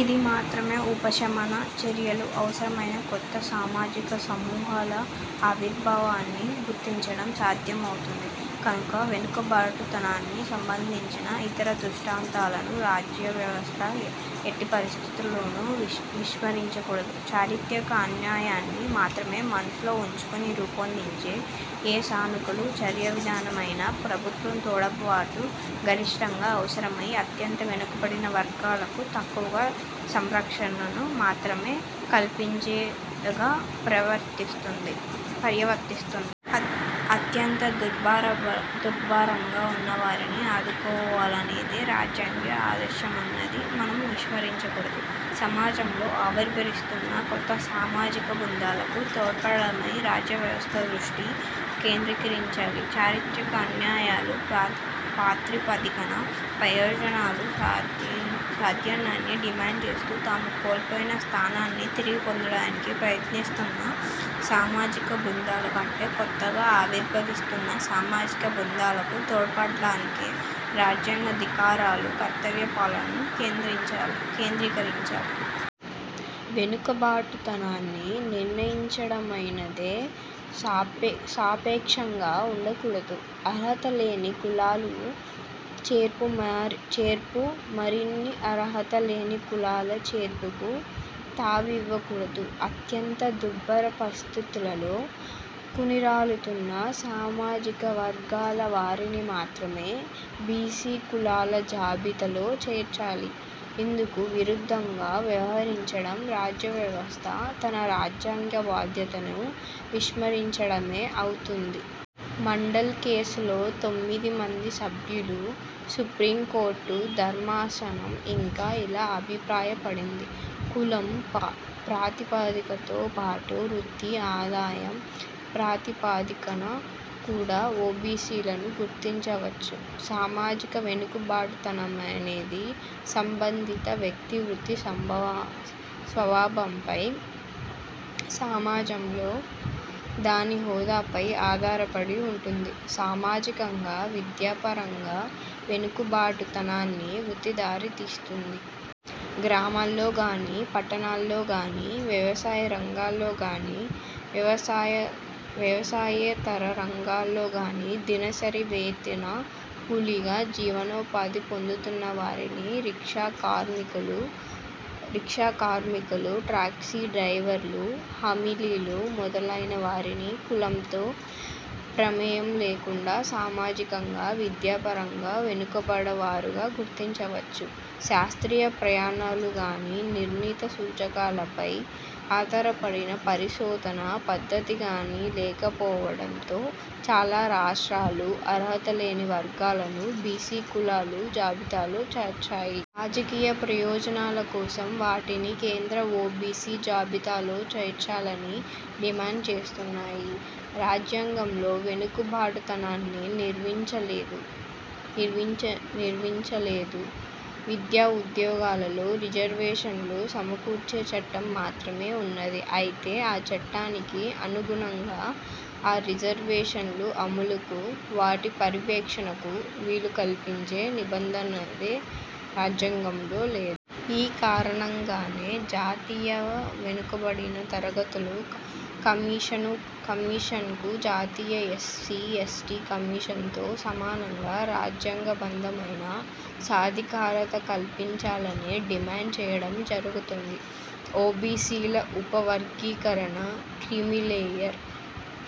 ఇది మాత్రమే ఉపశమన చర్యలు అవసరమైన కొత్త సామాజిక సమూహాల ఆవిర్భావాన్ని గుర్తించడం సాధ్యమవుతుంది కనుక వెనుకబాటుతనానికి సంబంధించిన ఇతర దృష్టాంతాలను రాజ్యవ్యవస్థ ఎట్టి పరిస్థితులలోనూ విస్మరించకూడదు. చారిత్రక అన్యాయాన్ని మాత్రమే మనస్సులో ఉంచుకొని రూపొందించే ఏ సానుకూల చర్యా విధానం అయినా ప్రభుత్వ తోడ్పాటు గరిష్ఠంగా అవసరమయ్యే అత్యంత వెనుకబడిన వర్గాలకు తక్కువ సంరక్షణను మాత్రమే కల్పించేదిగా పర్యవసిస్తుంది. అత్యంత దుర్భరంగా వున్నవారిని ఆదుకోవాలనేది రాజ్యాంగ ఆదేశమన్నది మనం విస్మరించకూడదు. సమాజంలో ఆవిర్భవిస్తున్న కొత్త సామాజిక బృందాలకు తోడ్పడడంపై రాజ్యవ్యవస్థ దృష్టి కేంద్రీకరించాలి. చారిత్రక అన్యాయాల ప్రాతిపదికన ప్రయోజనాలు, ప్రాధాన్యాన్ని డిమాండ్ చేస్తూ తాము కోల్పోయిన స్థానాన్ని తిరిగిపొందడానికి ప్రయత్నిస్తున్న సామాజిక బృందాల కంటే కొత్తగా ఆవిర్భవిస్తున్న సామాజిక బృందాలకు తోడ్పడానికే రాజ్యాంగ ధికారాలు, కర్తవ్య పాలనను కేంద్రీకరించాలి. వెనుకబాటుతనాన్ని నిర్ణయించడమైనదే సాపేక్షంగా వుండకూడదు. అర్హతలేని కులాలు చేర్పు మరిన్ని అర్హత లేని కులాల చేర్పుకు తావివ్వకూడదు. అత్యంత దుర్భర పరిస్థితులలో కునిరాలుతున్న సామాజిక వర్గాల వారిని మాత్రమే బీసీ కులాల జాబితాలో చేర్చాలి. ఇందుకు విరుద్ధంగా వ్యవహరించడం రాజ్య వ్యవస్థ తన రాజ్యాంగ బాధ్యతను విస్మరించడమే అవుతుంది. మండల్ కేసులో తొమ్మిది మంది సభ్యుల సుప్రీంకోర్టు ధర్మాసనం ఇంకా ఇలా అభిప్రాయపడింది: 'కులం ప్రాతిపదికతో పాటు వృత్తి – ఆదాయం ప్రాతిపదికన కూడా ఓబీసీలను గుర్తించవచ్చు. సామాజిక వెనుకబాటుతనమనేది సంబంధిత వ్యక్తి వృత్తి స్వభావంపై, సమాజంలో దాని హోదాపై ఆధారపడి వుంటుంది. '. సామాజికంగా విద్యాపరంగా వెనుకబాటుతనాన్ని వృత్తి దారితీస్తుంది. గ్రామాల్లో గానీ, పట్టణాల్లో గానీ, వ్యవసాయంరంగల్లో గానీ, వ్యవసాయేతర రంగాల్లో గానీ దినసరి వేతన కూలీగా జీవనోపాధి పొందుతున్న వారిని, రిక్షా కార్మికులు, టాక్సీ డ్రైవర్లు, హమాలీలు మొదలైన వారిని కులంతో ప్రమేయంలేకుండా సామాజికంగా, విద్యాపరంగా వెనుకబడ్డ వారుగా గుర్తించవచ్చు. శాస్త్రీయ ప్రయాణాలుగానీ, నిర్ణీత సూచకాలపై ఆధారపడిన పరిశోధనా పద్ధతి గానీ లేకపోవడంతో చాలా రాష్ట్రాలు అర్హతలేని వర్గాలను బీసీ కులాల జాబితాలో చేర్చాయి. రాజకీయ ప్రయోజనాల కోసం వాటిని కేంద్ర ఓబీసీ జాబితాలో చేర్చాలని డిమాండ్ చేస్తున్నాయి. రాజ్యాంగంలో వెనుకబాటుతనాన్ని నిర్వించలేదు. విద్యా ఉద్యోగాలలో రిజర్వేషన్లు సమకూర్చే చట్టం మాత్రమే ఉన్నది. అయితే ఆ చట్టానికి అనుగుణంగా ఆ రిజర్వేషన్లు అమలుకు, వాటి పర్యవేక్షణకు వీలు కల్పించే నిబంధనేదీ రాజ్యాంగంలో లేదు. ఈ కారణంగానే జాతీయ వెనుకబడిన తరగతుల కమిషన్కు జాతీయ ఎస్సీ, ఎస్టీ కమిషన్తో సమానంగా రాజ్యాంగబందమైన సాధికారత కల్పించాలనే డిమాండ్ చేయడం జరగుతోంది. ఓబీసీల ఉప వర్గీకరణ, క్రీమీలేయర్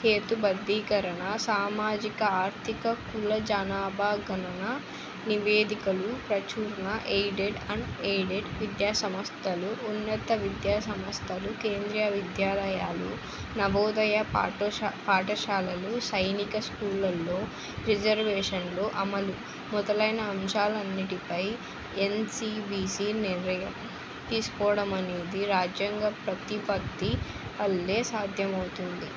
హేతుబద్ధీకరణ, సామాజిక–ఆర్థిక కుల జనాభా గణన– నివేదికలు ప్రచురణ, ఎయిడెడ్, అన్ ఎయిడెడ్ విద్యా సంస్థలు, ఉన్నత విద్యాసంస్థలు, కేంద్రీయ విద్యాలయాలు, నవోదయ పాఠశాలలు, సైనిక స్కూళ్ళలో రిజర్వేషన్లు అమలు, మొదలైన అంశాలన్నిటిపై ఎన్సీబీసీ నిర్ణయం తీసుకోవడమనేది రాజ్యాంగ ప్రతిపత్తి వల్లే సాధ్యమవుతుంది.